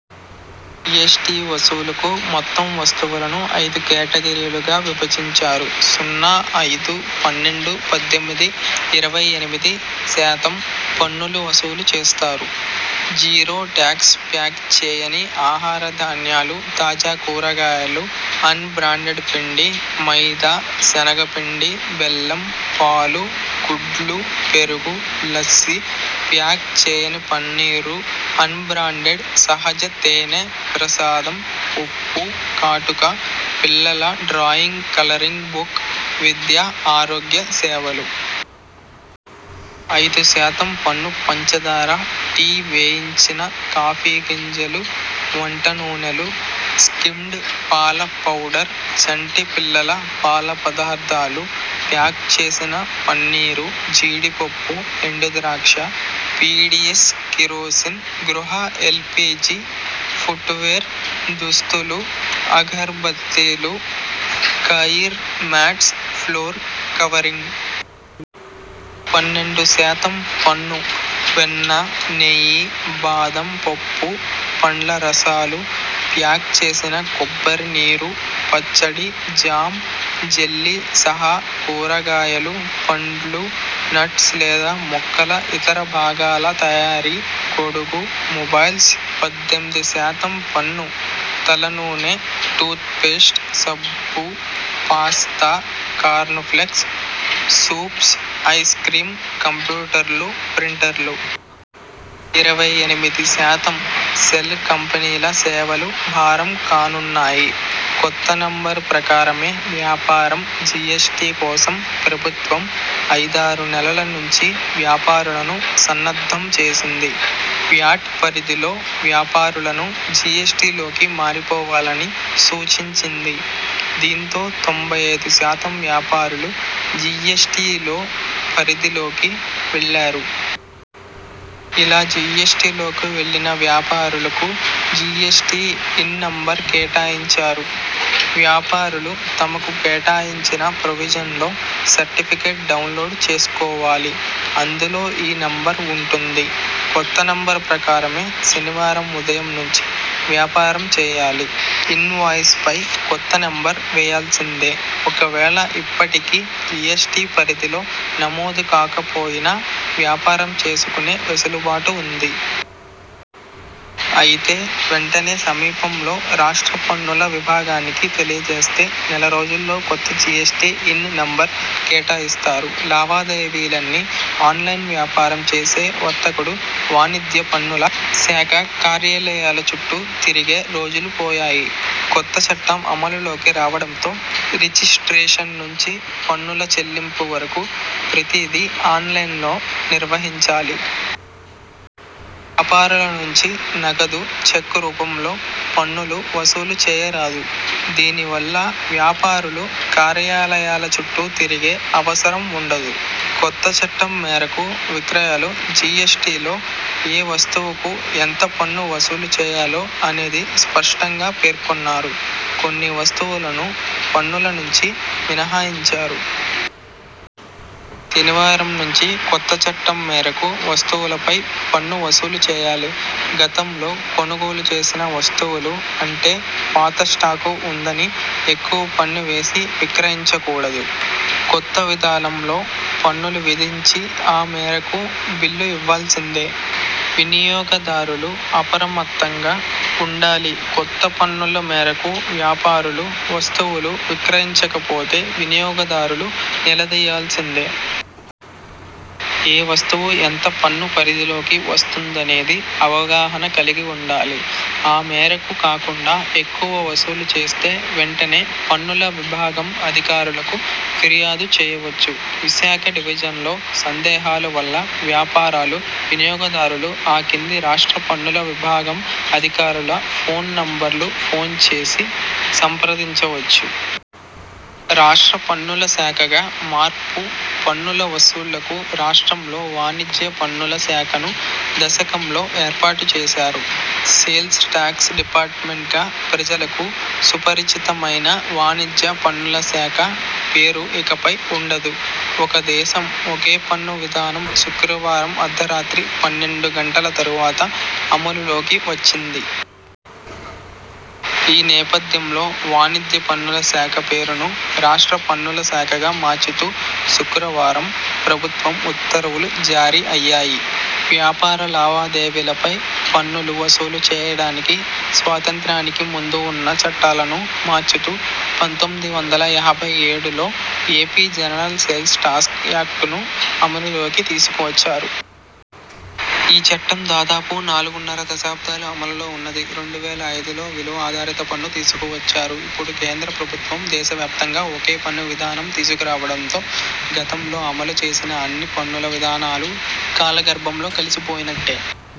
GST వసూలుకు మొత్తం వస్తువులను ఐదు కేటగిరీలుగా విభజించారు. సున్నా, ఐదు, పన్నెండు, పద్దెనిమిది, ఇరవై ఎనిమిది శాతం పన్నులు వసూలు చేస్తారు. జీరో టాక్స్ ప్యాక్ చేయని ఆహార ధాన్యాలు, తాజా కూరగాయలు, అన్ బ్రాండెడ్ పిండి, మైదా, శనగపిండి, బెల్లం, పాలు, గుడ్లు, పెరుగు, లస్సీ, ప్యాక్ చేయని పన్నీరు, అన్ బ్రాండెడ్ సహజ తేనె, ప్రసాదం, ఉప్పు, కాటుక, పిల్లల డ్రాయింగ్ కలరింగ్ బుక్, విద్య, ఆరోగ్య సేవలు. ఐదు శాతం పన్ను పంచాదార, టీ, వేయించిన కాఫీ గింజలు, వంట నూనెలు, స్కిమ్డ్ పాల పౌడర్, చంటి పిల్లల పాల పదార్థాలు, ప్యాక్ చేసిన పన్నీరు, జీడి పప్పు, ఎండు ద్రాక్ష, పీడీఎస్ కిరోసిన్, గృహ ఎల్పీజీ, ఫుట్వేర్, దుస్తులు, అగర్బత్తీలు, కాయిర్ మ్యాట్స్, ఫ్లోర్ కవరింగ్. పన్నెండు శాతం పన్ను.. వెన్న, నెయ్యి, బాదం పప్పు, పండ్లరసాలు, ప్యాక్ చేసిన కొబ్బరి నీరు, పచ్చడి, జామ్, జెల్లీ సహా కూరగాయలు, పండ్లు, నట్స్ లేదా మొక్కల ఇతర భాగాల తయారీ, గొడుగు, మొబైల్స్. పద్దెనిమిది శాతం పన్ను.. తలనూనె, టూత్ పేస్ట్, సబ్బు, pasta, corn flakes, soups, ice cream, కంప్యూటర్లు, ప్రింటర్లు. ఇరవై ఎనిమిది శాతం.. సెల్ కంపెనీల సేవలు భారం కానున్నాయి. కొత్త నంబర్ ప్రకారమే వ్యాపారం జీఎస్టీ కోసం ప్రభుత్వం ఐదారు నెలల నుంచి వ్యాపారులను సన్నద్ధం చేసింది. వ్యాట్ పరిధిలో వ్యాపారులను జీఎస్టీలోకి మారిపోవాలని సూచించింది. దీంతో తొంభై ఐదు శాతం వ్యాపారులు జీఎస్టీలో పరిధిలోకి వెళ్లారు. ఇలా జీఎస్టీలోకి వెళ్లిన వ్యాపారులకు జీఎస్టీ ఇన్ నంబర్ కేటాయించారు. వ్యాపారులు తమకు కేటాయించిన ప్రొవిజినల్ సర్టిఫికెట్ డౌన్లోడ్ చేసుకోవాలి. అందులో ఈ నంబర్ వుంటుంది. కొత్త నంబర్ ప్రకారమే శనివారం ఉదయం నుంచి వ్యాపారం చేయాలి. ఇన్వాయిస్ పై కొత్త నంబర్ వేయాల్సిందే. ఒకవేళ ఇప్పటికీ జీఎస్టీ పరిధిలో నమోదు కాకపోయినా వ్యాపారం చేసుకునే వెసులుబాటు వుంది. అయితే వెంటనే సమీపంలో రాష్ట్ర పన్నుల విభాగానికి తెలియజేస్తే నెల రోజుల్లో కొత్త జీఎస్టీ ఇన్ నంబరు కేటాయిస్తారు. లావాదేవీలన్నీ ఆన్లైన్లోవ్యాపారం చేసే వర్తకుడు వాణిజ్య పన్నుల శాఖ కార్యాలయాల చుట్టూ తిరిగే రోజులు పోయాయి. కొత్తచట్టం అమలులోకి రావడంతో రిజిస్ట్రేషన్ నుంచి పన్నుల చెల్లింపు వరకు ప్రతిదీ ఆన్లైన్లో నిర్వహించాలి. వ్యాపారుల నుంచి నగదు, చెక్కు రూపంలో పన్నులు వసూలు చేయరాదు. దీని వల్ల వ్యాపారులు కార్యాలయాల చుట్టూ తిరిగే అవసరం వుండదు. కొత్త చట్టం మేరకు విక్రయాలు జీఎస్టీలో ఏ వస్తువుకు ఎంత పన్ను వసూలు చేయాలో అనేది స్పష్టంగా పేర్కొన్నారు. కొన్ని వస్తువులను పన్నుల నుంచి మినహాయించారు. శనివారం నుంచి కొత్త చట్టం మేరకు వస్తువులపై పన్ను వసూలుచేయాలి. గతంలో కొనుగోలు చేసిన వస్తువులు అంటే పాత స్టాకు వుందని ఎక్కువ పన్ను వేసి విక్రయించకూడదు. కొత్త విధానంలో పన్నులు విధించి ఆ మేరకు బిల్లు ఇవ్వాల్సిందే. వినియోగదారులు అప్రమత్తంగా వుండాలికొత్త పన్నుల మేరకు వ్యాపారులు వస్తువులు విక్రయించకపోతే వినియోగదారులు నిలదీయాల్సిందే. ఏ వస్తువు ఎంత పన్ను పరిధిలోకి వస్తుందనే అవగాహన కలిగి వుండాలి. ఆ మేరకు కాకుండా ఎక్కువ వసూలు చేస్తే వెంటనే పన్నుల విభాగం అధికారులకు ఫిర్యాదు చేయవచ్చు. విశాఖ డివిజన్లో సందేహాలు వల్ల వ్యాపారులు, వినియోగదారులు ఆ కింది రాష్ట్ర పన్నుల విభాగం అధికారుల ఫోన్ నంబర్లకు ఫోన్ చేసి సంప్రదించవచ్చు. రాష్ట్ర పన్నుల శాఖగా మార్పు పన్నుల వసూళ్లకు రాష్ట్రంలో వాణిజ్య పన్నుల శాఖను దశకంలో ఏర్పాటుచేశారు. సేల్స్ ట్యాక్స్ డిపార్టుమెంట్గా ప్రజలకు సుపరిచితమైన వాణిజ్య పన్నుల శాఖ పేరు ఇకపై వుండదు. ఒకే దేశం.. ఒకే పన్ను విధానం శుక్రవారం అర్ధరాత్రి పన్నెండు గంటల తరువాత అమలులోకి వచ్చిది. ఈ నేపథ్యంలో వాణిజ్య పన్నుల శాఖ పేరును రాష్ట్ర పన్నుల శాఖగా మార్చుతూ శుక్రవారం ప్రభుత్వం ఉత్తర్వులు జారీ అయ్యాయి. వ్యాపార లావాదేవీల పై పన్నులు వసూలు చేయడానికి స్వాతంత్ర్యానికి ముందు వున్న చట్టాలను మార్చుతూ పంతొమ్మిది వందల యాభై ఏడులో ఏపీ జనరల్ సేల్స్ టాక్స్ యాక్టును అమలులోకి తీసుకువచ్చారు. ఈ చట్టం దాదాపు నాలుగున్నర దశాబ్దాలు అమలులో వున్నది. రెండు వేల ఐదులో విలువ ఆధారితపన్ను తీసుకువచ్చారు. ఇప్పుడు కేంద్ర ప్రభుత్వం దేశవ్యాప్తంగా ఒకే పన్ను విధానం తీసుకురావడంతో గతంలో అమలు చేసిన అన్ని పన్నుల విధానాలు కాలగర్భంలో కలిసిపోయినట్టే.